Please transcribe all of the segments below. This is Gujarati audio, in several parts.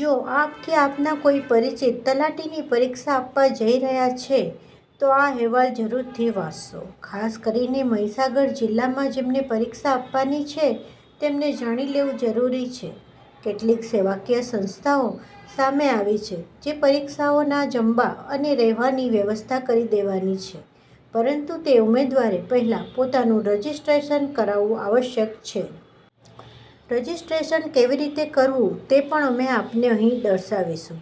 જો આપ કે આપના કોઈ પરિચિત તલાટીની પરીક્ષા આપવા જઈ રહ્યા છે તોઅહેવાલ જરૂરથી વાંચશો. ખાસ કરીને મહીસાગર જિલ્લામાં જેમને પરીક્ષા આપવાની છે તેમને જાણી લેવું જરૂરી છે. કેટલીક સેવાકીય સંસ્થાઓ સામે આવી છે જે પરીક્ષાર્થીઓના જમવા અને રહેવાની વ્યવસ્થા કરી દેવાની છે પરંતુ તે ઉમેદવારે પહેલા પોતાનું રજીસ્ટ્રેશન કરાવવું આવશ્યક છે. રજીસ્ટ્રેશન કેવી રીતે કરવું તે પણ અમે આપને અહીં દર્શાવીશું.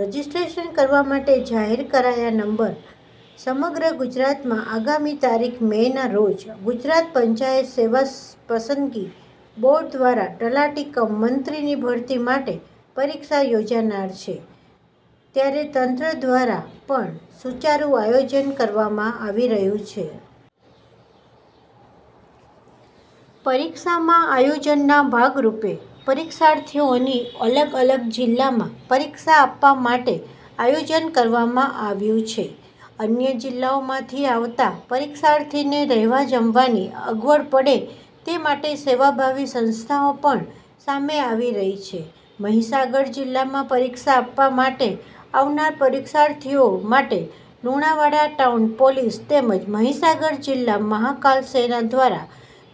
રજીસ્ટ્રેશન કરવા માટે જાહેર કરાયા નંબર સમગ્ર ગુજરાતમાં આગામી તારીખ મે ના રોજ ગુજરાત પંચાયત સેવા પસંદગી બોર્ડ દ્વારા તલાટી કમ મંત્રીની ભરતી માટે પરીક્ષા યોજાનાર છે, ત્યારે તંત્ર દ્વારા પણ સુચારું આયોજન કરવામાં આવી રહ્યું છે. પરીક્ષામાં આયોજનના ભાગરૂપે પરીક્ષાર્થીઓની અલગ અલગ જિલ્લામાં પરીક્ષા આપવા માટે આયોજન કરવામાં આવ્યું છે. અન્ય જિલ્લામાંથી આવતા પરીક્ષાર્થીને રહેવા જમવાની અગવડપડે તે માટે સેવાભાવિ સંસ્થાઓ પણ સામે આવી રહી છે. મહીસાગર જિલ્લામાં પરીક્ષા આપવા માટે આવનાર પરીક્ષાર્થીઓ માટે લુણાવાડા ટાઉન પોલીસ તેમજ મહીસાગર જિલ્લા મહાકાલ સેના દ્વારા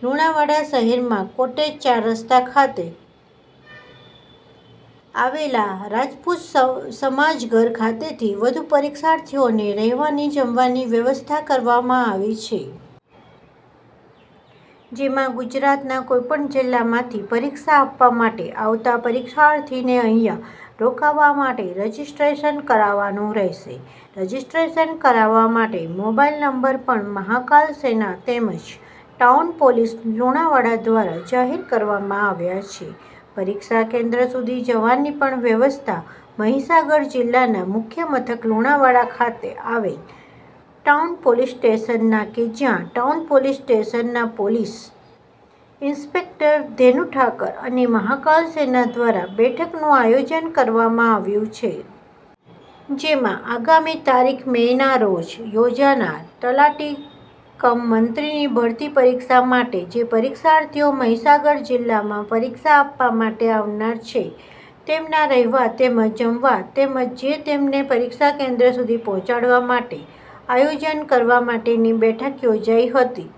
લુણાવાડા શહેરમાં કોટેજ ચાર રસ્તા ખાતે આવેલા રાજપૂત સમાજ ઘર ખાતે થી વધુ પરીક્ષાર્થીઓને રહેવાને જમવાની વ્યવસ્થા કરવામાં આવી છે. જેમાં ગુજરાતના કોઈપણ જિલ્લામાંથી પરીક્ષા આપવા માટે આવતા પરીક્ષાર્થીને અહીંયા રોકાવા માટે રજીસ્ટ્રેશન કરાવવાનું રહેશે રજીસ્ટ્રેશન કરાવવા માટે મોબાઈલ નંબર પણ મહાકાલ સેના તેમજ ટાઉન પોલીસ લુણાવાડા દ્વારા જાહેર કરવામાં આવ્યા છે. પરીક્ષા કેન્દ્ર સુધી જવાની પણ વ્યવસ્થા મહીસાગર જિલ્લાના મુખ્ય મથક લુણાવાડા ખાતે આવેલ ટાઉન પોલીસ સ્ટેશનના કે જ્યાં ટાઉન પોલીસ સ્ટેશનના પોલીસ ઇન્સ્પેક્ટર ધેનુ ઠાકર અને મહાકાલ સેના દ્વારા બેઠકનું આયોજન કરવામાં આવ્યું છે. જેમાં આગામી તારીખ મે ના રોજ યોજાના તલાટી ક્રમમંત્રીની ભરતી પરીક્ષા માટે જે પરીક્ષાર્થીઓ મહીસાગર જિલ્લામાં પરીક્ષા આપવા માટે આવનાર છે. તેમના રહેવા તેમજ જમવા તેમજ જે તેમને પરીક્ષા કેન્દ્ર સુધી પહોંચાડવા માટે આયોજન કરવા માટેની બેઠક યોજાઇ હતી.